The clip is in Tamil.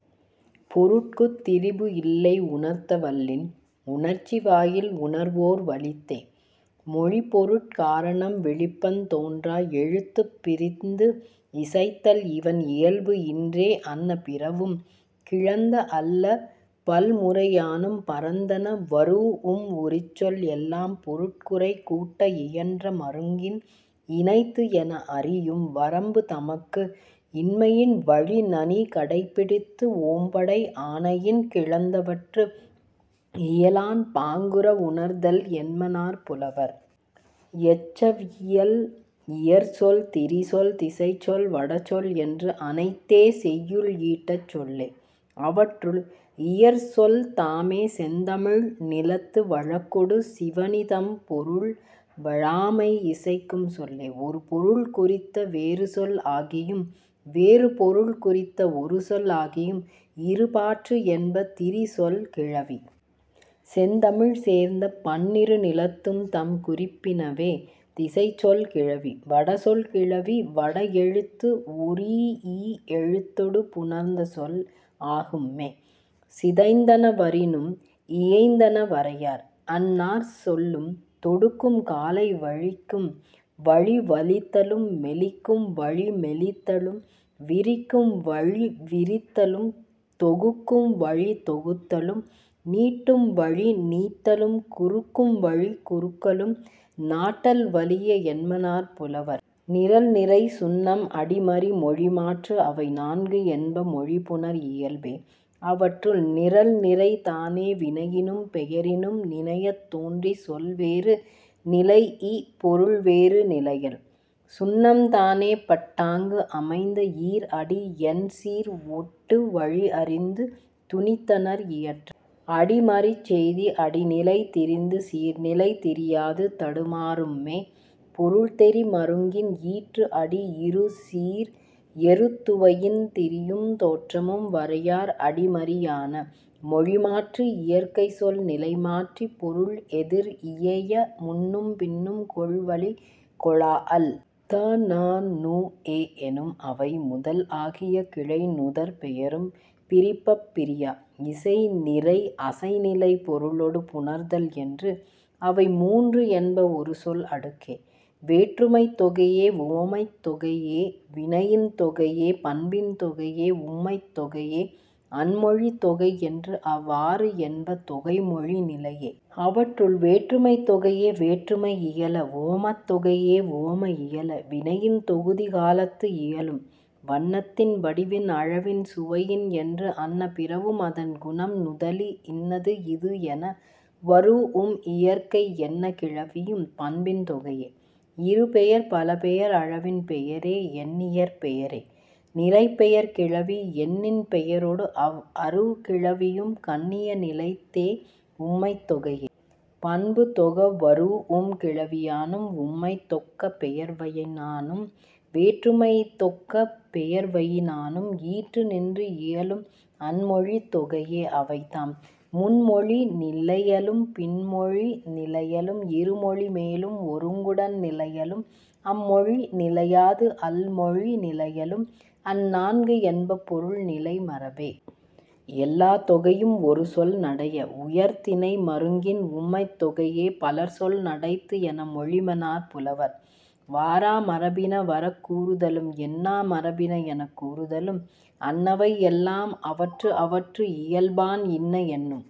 பொருட்குத் திரிபு இல்லை உணர்த்த வல்லின். உணர்ச்சி வாயில் உணர்வோர் வலித்தே. மொழிப் பொருட் காரணம் விழிப்பத் தோன்றா. எழுத்துப் பிரிந்து இசைத்தல் இவண் இயல்பு இன்றே அன்ன பிறவும் கிளந்த அல்ல பல் முறையானும் பரந்தன வரூஉம் உரிச்சொல் எல்லாம் பொருட்குறை கூட்ட இயன்ற மருங்கின் இனைத்து என அறியும் வரம்பு தமக்கு இன்மையின் வழி நனி கடைப்பிடித்து ஓம்படை ஆணையின் கிளந்தவற்று இயலான் பாங்குற உணர்தல் என்மனார் புலவர்.. எச்சவியல் இயற்சொல் திரிசொல் திசைச்சொல் வடசொல் என்று அனைத்தே செய்யுள் ஈட்டச் சொல்லே. அவற்றுள், இயற்சொல்தாமே செந்தமிழ் நிலத்து வழக்கொடு சிவணி தம் பொருள் வழாமை இசைக்கும் சொல்லே. ஒரு பொருள் குறித்த வேறு சொல் ஆகியும் வேறு பொருள் குறித்த ஒரு சொல் ஆகியும் இரு பாற்று என்ப திரிசொல் கிளவி. செந்தமிழ் சேர்ந்த பன்னிரு நிலத்தும் தம் குறிப்பினவே திசைச்சொல் கிளவி. வடசொல் கிளவி வட எழுத்து ஒரீஇ எழுத்தொடு புணர்ந்த சொல் ஆகும்மே. சிதைந்தன வரினும் இயைந்தன வரையார். அந் நாற் சொல்லும் தொடுக்கும் காலை வலிக்கும் வழி வலித்தலும் மெலிக்கும் வழி மெலித்தலும் விரிக்கும் வழி விரித்தலும் தொகுக்கும் வழித் தொகுத்தலும் நீட்டும் வழி நீட்டலும் குறுக்கும் வழிக் குறுக்கலும் நாட்டல் வலிய என்மனார் புலவர். நிரல்நிறை சுண்ணம் அடிமறி மொழிமாற்று அவை நான்கு என்ப மொழி புணர் இயல்பே. அவற்றுள், நிரல்நிறைதானே வினையினும் பெயரினும் நினையத் தோன்றி சொல் வேறு நிலைஇ பொருள் வேறு நிலையல். சுண்ணம்தானே பட்டாங்கு அமைந்த ஈர் அடி எண் சீர் ஒட்டு வழி அறிந்து துணித்தனர் இயற்றல். அடிமறிச் செய்தி அடி நிலை திரிந்து சீர் நிலை திரியாது தடுமாறும்மே. பொருள் தெரி மருங்கின் ஈற்று அடி இறு சீர் எருத்துவயின் திரியும் தோற்றமும் வரையார் அடிமறியான. மொழிமாற்று இயற்கை சொல் நிலை மாற்றி பொருள் எதிர் இயைய முன்னும் பின்னும் கொள் வழிக் கொளாஅல். த ந நு எ எனும் அவை முதல் ஆகிய கிளை நுதற் பெயரும் பிரிப்பப் பிரியா. இசைநிறை அசைநிலை பொருளொடு புணர்தல் என்று அவை மூன்று என்ப ஒரு சொல் அடுக்கே. வேற்றுமைத்தொகையே உவமத்தொகையே வினையின்தொகையே பண்பின்தொகையே உம்மைத்தொகையே அன்மொழித்தொகை என்று அவ் ஆறு என்ப தொகைமொழி நிலையே. அவற்றுள், வேற்றுமைத்தொகையே வேற்றுமை இயல. உவமத்தொகையே உவம இயல. வினையின்தொகுதி காலத்து இயலும். வண்ணத்தின் வடிவின் அளவின் சுவையின் என்று அன்ன பிறவும் அதன் குணம் நுதலி இன்னது இது என வரூஉம் இயற்கை என்ன கிளவியும் பண்பின்தொகையே. இரு பெயர் பல பெயர் அளவின்பெயரே எண்ணியற்பெயரே நிறைப்பெயர்க் கிளவி எண்ணின்பெயரொடு அவ் அறு கிளவியும் கண்ணிய நிலைத்தே உம்மைத்தொகையே. பண்பு தொக வரூஉம் கிளவியானும் உம்மை தொக்க பெயர்வயினானும் வேற்றுமை தொக்க பெயர்வயினானும் ஈற்று நின்று இயலும் அன்மொழித்தொகையே. அவைதாம், முன் மொழி நிலையலும் பின் மொழி நிலையலும் இரு மொழி மேலும் ஒருங்குடன் நிலையலும் அம் மொழி நிலையாது அல் மொழி நிலையலும் அந் நான்கு என்ப பொருள் நிலை மரபே. எல்லாத் தொகையும் ஒரு சொல் நடைய. உயர்திணை மருங்கின் உம்மைத்தொகையே பலர்சொல் நடைத்து என மொழிமனார் புலவர். வாரா மரபின வரக் கூறுதலும் என்னா மரபின எனக் கூறுதலும் அன்னவை எல்லாம் அவற்று அவற்று இயல்பான் இன்ன என்னும்